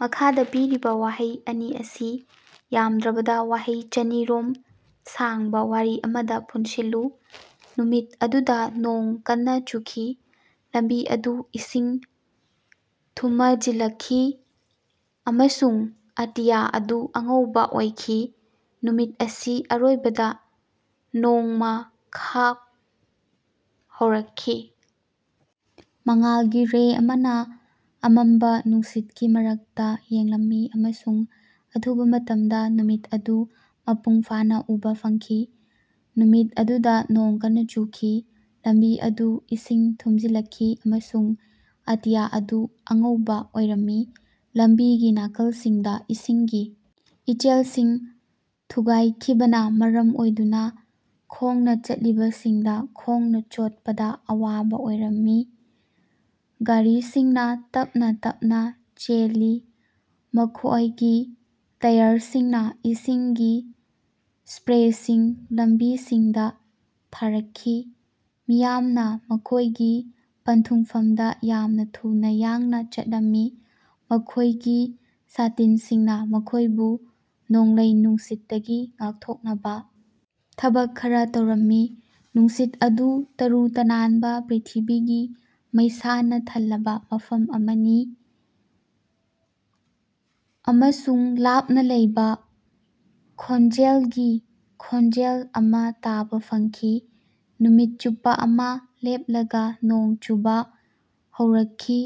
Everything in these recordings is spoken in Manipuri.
ꯃꯈꯥꯗ ꯄꯤꯔꯤꯕ ꯋꯥꯍꯩ ꯑꯅꯤ ꯑꯁꯤ ꯌꯥꯝꯗ꯭ꯔꯕꯗ ꯋꯥꯍꯩ ꯆꯅꯤ ꯔꯣꯝ ꯁꯥꯡꯕ ꯋꯥꯔꯤ ꯑꯃꯗ ꯄꯨꯟꯁꯤꯜꯂꯨ꯫ ꯅꯨꯃꯤꯠ ꯑꯗꯨꯗ ꯅꯣꯡ ꯀꯟꯅ ꯆꯨꯈꯤ꯫ ꯂꯝꯕꯤ ꯑꯗꯨ ꯏꯁꯤꯡ ꯊꯨꯃꯖꯤꯜꯂꯛꯈꯤ ꯑꯃꯁꯨꯡ ꯑꯇꯤꯌꯥ ꯑꯗꯨ ꯑꯉꯧꯕꯥ ꯑꯣꯏꯈꯤ꯫ ꯅꯨꯃꯤꯠ ꯑꯁꯤ ꯑꯔꯣꯏꯕꯗ ꯅꯣꯡꯃ ꯈꯥꯛꯞ ꯍꯧꯔꯛꯈꯤ꯫ ꯃꯉꯥꯜꯒꯤ ꯔꯦ ꯑꯃꯅ ꯑꯃꯝꯕ ꯅꯨꯡꯁꯤꯠꯀꯤ ꯃꯔꯛꯇ ꯌꯦꯡꯂꯝꯃꯤ ꯑꯃꯁꯨꯡ ꯑꯊꯨꯕ ꯃꯇꯝꯗ ꯅꯨꯃꯤꯠ ꯑꯗꯨ ꯃꯄꯨꯡ ꯐꯥꯅ ꯎꯕꯥ ꯐꯪꯈꯤ꯫ ꯅꯨꯃꯤꯠ ꯑꯗꯨꯗ ꯅꯣꯡ ꯀꯟꯅ ꯆꯨꯈꯤ꯫ ꯂꯝꯕꯤ ꯑꯗꯨ ꯏꯁꯤꯡ ꯊꯨꯃꯖꯤꯜꯂꯛꯈꯤ, ꯑꯃꯁꯨꯡ ꯑꯇꯤꯌ ꯑꯗꯨ ꯑꯉꯧꯕ ꯑꯣꯏꯔꯝꯃꯤ꯫ ꯂꯝꯕꯤꯒꯤ ꯅꯥꯀꯜꯁꯤꯡꯗ ꯏꯁꯤꯡꯒꯤ ꯏꯆꯦꯜꯁꯤꯡ ꯊꯨꯒꯥꯏꯈꯤꯕꯅ ꯃꯔꯝ ꯑꯣꯏꯗꯨꯅ ꯈꯣꯡꯅ ꯆꯠꯂꯤꯕꯁꯤꯡꯗ ꯈꯣꯡꯅ ꯆꯠꯄꯗ ꯑꯋꯥꯕ ꯑꯣꯏꯔꯝꯃꯤ꯫ ꯒꯥꯔꯤꯁꯤꯡꯅ ꯇꯞꯅ ꯇꯞꯅ ꯆꯦꯜꯂꯤ, ꯃꯈꯣꯌꯒꯤ ꯇꯌꯥꯔꯁꯤꯡꯅ ꯏꯁꯤꯡꯒꯤ ꯁ꯭ꯄꯔꯦꯁꯤꯡ ꯂꯝꯕꯤꯁꯤꯡꯗ ꯊꯥꯔꯛꯈꯤ꯫ ꯃꯤꯌꯥꯝꯅ ꯃꯈꯣꯏꯒꯤ ꯄꯟꯊꯨꯡꯐꯝꯗ ꯌꯥꯝꯅ ꯊꯨꯅ ꯌꯥꯡꯅ ꯆꯠꯂꯝꯃꯤ, ꯃꯈꯣꯏꯒꯤ ꯁꯥꯇꯤꯟꯁꯤꯡꯅ ꯃꯈꯣꯏꯕꯨ ꯅꯣꯡꯂꯩ ꯅꯨꯡꯁꯤꯠꯇꯒꯤ ꯉꯥꯛꯊꯣꯛꯅꯕ ꯊꯕꯛ ꯈꯔ ꯇꯧꯔꯝꯃꯤ꯫ ꯅꯨꯡꯁꯤꯠ ꯑꯗꯨ ꯇꯔꯨ ꯇꯅꯥꯟꯕ ꯄ꯭ꯔ꯭ꯤꯊꯤꯕꯤꯒꯤ ꯃꯩꯁꯥꯅ ꯊꯜꯂꯕ ꯃꯐꯝ ꯑꯃꯅꯤ, ꯑꯃꯁꯨꯡ ꯂꯥꯞꯅ ꯂꯩꯕ ꯈꯣꯟꯖꯦꯜꯒꯤ ꯈꯣꯟꯖꯦꯜ ꯑꯃ ꯇꯥꯕ ꯐꯪꯈꯤ꯫ ꯅꯨꯃꯤꯠ ꯆꯨꯞꯄ ꯑꯃ ꯂꯦꯞꯂꯒ ꯅꯣꯡ ꯆꯨꯕ ꯍꯧꯔꯛꯈꯤ꯫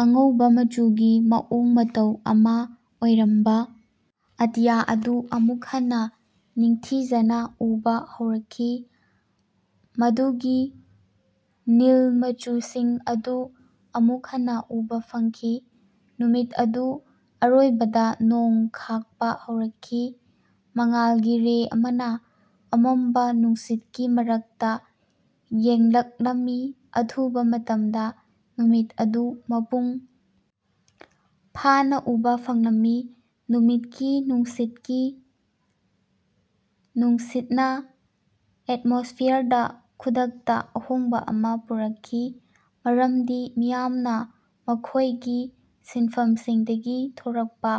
ꯑꯉꯧꯕ ꯃꯆꯨꯒꯤ ꯃꯑꯣꯡ ꯃꯇꯧ ꯑꯃ ꯑꯣꯏꯔꯝꯕ ꯑꯇꯤꯌꯥ ꯑꯗꯨ ꯑꯃꯨꯛ ꯍꯟꯅ ꯅꯤꯡꯊꯤꯖꯅ ꯎꯕ ꯍꯧꯔꯛꯈꯤ, ꯃꯗꯨꯒꯤ ꯅꯤꯜ ꯃꯆꯨꯁꯤꯡ ꯑꯗꯨ ꯑꯃꯨꯛ ꯍꯟꯅ ꯎꯕ ꯐꯪꯈꯤ꯫ ꯅꯨꯃꯤꯠ ꯑꯗꯨ ꯑꯔꯣꯏꯕꯗ ꯅꯣꯡ ꯈꯥꯛꯞ ꯍꯧꯔꯛꯈꯤ꯫ ꯃꯉꯥꯜꯒꯤ ꯔꯦ ꯑꯃꯅ ꯑꯃꯝꯕ ꯅꯨꯡꯁꯤꯠꯀꯤ ꯃꯔꯛꯇ ꯌꯦꯡꯂꯛꯂꯝꯃꯤ, ꯑꯊꯨꯕ ꯃꯇꯃꯗ ꯅꯨꯃꯤꯠ ꯑꯗꯨ ꯃꯄꯨꯡ ꯐꯥꯅ ꯎꯕ ꯐꯪꯂꯝꯃꯤ꯫ ꯅꯨꯃꯤꯠꯀꯤ ꯅꯨꯡꯁꯤꯠꯀꯤ ꯅꯨꯡꯁꯤꯠꯅ ꯑꯦꯠꯃꯣꯁ꯭ꯐꯤꯌꯔꯗ ꯈꯨꯗꯛꯇ ꯑꯍꯣꯡꯕ ꯑꯃ ꯄꯨꯔꯛꯈꯤ, ꯃꯔꯝꯗꯤ ꯃꯤꯌꯥꯝꯅ ꯃꯈꯣꯏꯒꯤ ꯁꯤꯟꯐꯝꯁꯤꯡꯗꯒꯤ ꯊꯣꯔꯛꯄ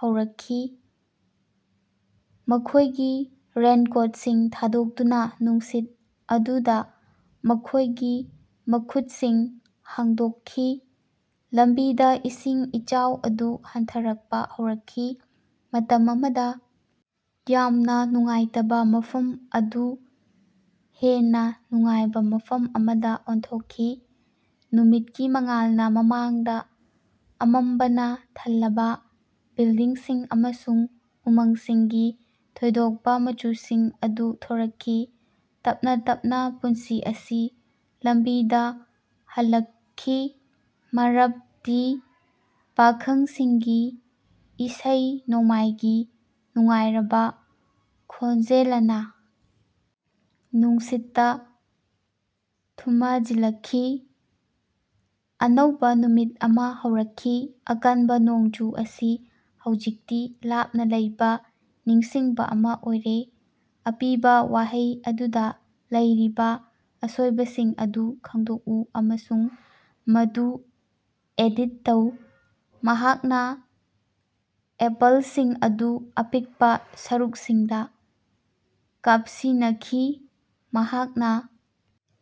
ꯍꯧꯔꯛꯈꯤ, ꯃꯈꯣꯏꯒꯤ ꯔꯦꯟꯀꯣꯠꯁꯤꯡ ꯊꯥꯗꯣꯛꯇꯨꯅ ꯅꯨꯡꯁꯤꯠ ꯑꯗꯨꯗ ꯃꯈꯣꯏꯒꯤ ꯃꯈꯨꯠꯁꯤꯡ ꯍꯥꯡꯗꯣꯛꯈꯤ꯫ ꯂꯝꯕꯤꯗ ꯏꯁꯤꯡ ꯏꯆꯥꯎ ꯑꯗꯨ ꯍꯟꯊꯔꯛꯄ ꯍꯧꯔꯛꯈꯤ, ꯃꯇꯝ ꯑꯃꯗ ꯌꯥꯝꯅ ꯅꯨꯡꯉꯥꯏꯇꯕ ꯃꯐꯝ ꯑꯗꯨ ꯍꯦꯟꯅ ꯅꯨꯡꯉꯥꯏꯕ ꯃꯐꯝ ꯑꯃꯗ ꯑꯣꯟꯊꯣꯛꯈꯤ꯫ ꯅꯨꯃꯤꯠꯀꯤ ꯃꯉꯥꯜꯅ ꯃꯃꯥꯡꯗ ꯑꯃꯝꯕꯅ ꯊꯜꯂꯕ ꯕꯤꯜꯗꯤꯡꯁꯤꯡ ꯑꯃꯁꯨꯡ ꯎꯃꯪꯁꯤꯡꯒꯤ ꯊꯣꯏꯗꯣꯛꯄ ꯃꯆꯨꯁꯤꯡ ꯑꯗꯨ ꯊꯣꯔꯛꯈꯤ꯫ ꯇꯞꯅ ꯇꯞꯅ ꯄꯨꯟꯁꯤ ꯑꯁꯤ ꯂꯝꯕꯤꯗ ꯍꯜꯂꯛꯈꯤ, ꯃꯔꯞꯗꯤ ꯄꯥꯈꯪꯁꯤꯡꯒꯤ ꯏꯁꯩ ꯅꯣꯡꯃꯥꯏꯒꯤ ꯅꯨꯡꯉꯥꯏꯔꯕ ꯈꯣꯟꯖꯦꯂꯅ ꯅꯨꯡꯁꯤꯠꯇ ꯊꯨꯃꯖꯤꯜꯂꯛꯈꯤ꯫ ꯑꯅꯧꯕ ꯅꯨꯃꯤꯠ ꯑꯃ ꯍꯧꯔꯛꯈꯤ, ꯑꯀꯟꯕ ꯅꯣꯡꯖꯨ ꯑꯁꯤ ꯍꯧꯖꯤꯛꯇꯤ ꯂꯥꯞꯅ ꯂꯩꯕ ꯅꯤꯡꯁꯤꯡꯕ ꯑꯃ ꯑꯣꯏꯔꯦ꯫ ꯑꯄꯤꯕ ꯋꯥꯍꯩ ꯑꯗꯨꯗ ꯂꯩꯔꯤꯕ ꯑꯁꯣꯏꯕꯁꯤꯡ ꯑꯗꯨ ꯈꯪꯗꯣꯛꯎ ꯑꯃꯁꯨꯡ ꯃꯗꯨ ꯑꯦꯗꯤꯠ ꯇꯧ꯫ ꯃꯍꯥꯛꯅ ꯑꯦꯄꯜꯁꯤꯡ ꯑꯗꯨ ꯑꯄꯤꯛꯄ ꯁꯔꯨꯛꯁꯤꯡꯗ ꯀꯥꯞꯁꯤꯅꯈꯤ꯫ ꯃꯍꯥꯛꯅ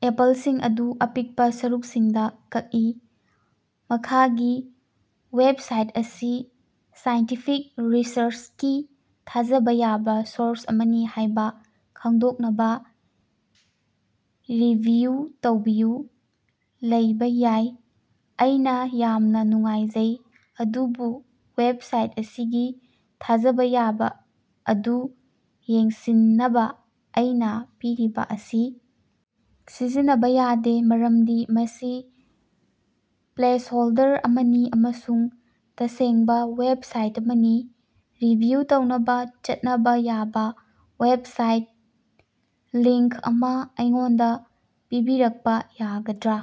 ꯑꯦꯄꯜꯁꯤꯡ ꯑꯗꯨ ꯑꯄꯤꯛꯄ ꯁꯔꯨꯛꯁꯤꯡꯗ ꯀꯛꯏ꯫ ꯃꯈꯥꯒꯤ ꯋꯦꯕꯁꯥꯏꯠ ꯑꯁꯤ ꯁꯥꯏꯟꯇꯤꯐꯤꯛ ꯔꯤꯁꯔꯆꯀꯤ ꯊꯥꯖꯕ ꯌꯥꯕ ꯁꯣꯔꯁ ꯑꯃꯅꯤ ꯍꯥꯏꯕ ꯈꯪꯗꯣꯛꯅꯕ ꯔꯤꯚꯤꯌꯨ ꯇꯧꯕꯤꯌꯨ꯫ ꯂꯩꯕ ꯌꯥꯏ꯫ ꯑꯩꯅ ꯌꯥꯝꯅ ꯅꯨꯡꯉꯥꯏꯖꯩ, ꯑꯗꯨꯕꯨ ꯋꯦꯕꯁꯥꯏꯠ ꯑꯁꯤꯒꯤ ꯊꯥꯖꯕ ꯌꯥꯕ ꯑꯗꯨ ꯌꯦꯡꯁꯤꯟꯅꯕ ꯑꯩꯅꯥ ꯄꯤꯔꯤꯕ ꯑꯁꯤ ꯁꯤꯖꯤꯟꯅꯕ ꯌꯥꯗꯦ ꯃꯔꯝꯗꯤ ꯃꯁꯤ ꯄ꯭ꯂꯦꯁꯍꯣꯜꯗꯔ ꯑꯃꯅꯤ ꯑꯃꯁꯨꯡ ꯇꯁꯦꯡꯕ ꯋꯦꯕꯁꯥꯏꯠ ꯑꯃꯅꯤ꯫ ꯔꯤꯚꯤꯌꯨ ꯇꯧꯅꯕ ꯆꯠꯅꯕ ꯌꯥꯕꯥ ꯋꯦꯕꯁꯥꯏꯠ ꯂꯤꯡꯛ ꯑꯃ ꯑꯩꯉꯣꯟꯗꯥ ꯄꯤꯕꯤꯔꯛꯄ ꯌꯥꯒꯗ꯭ꯔꯥ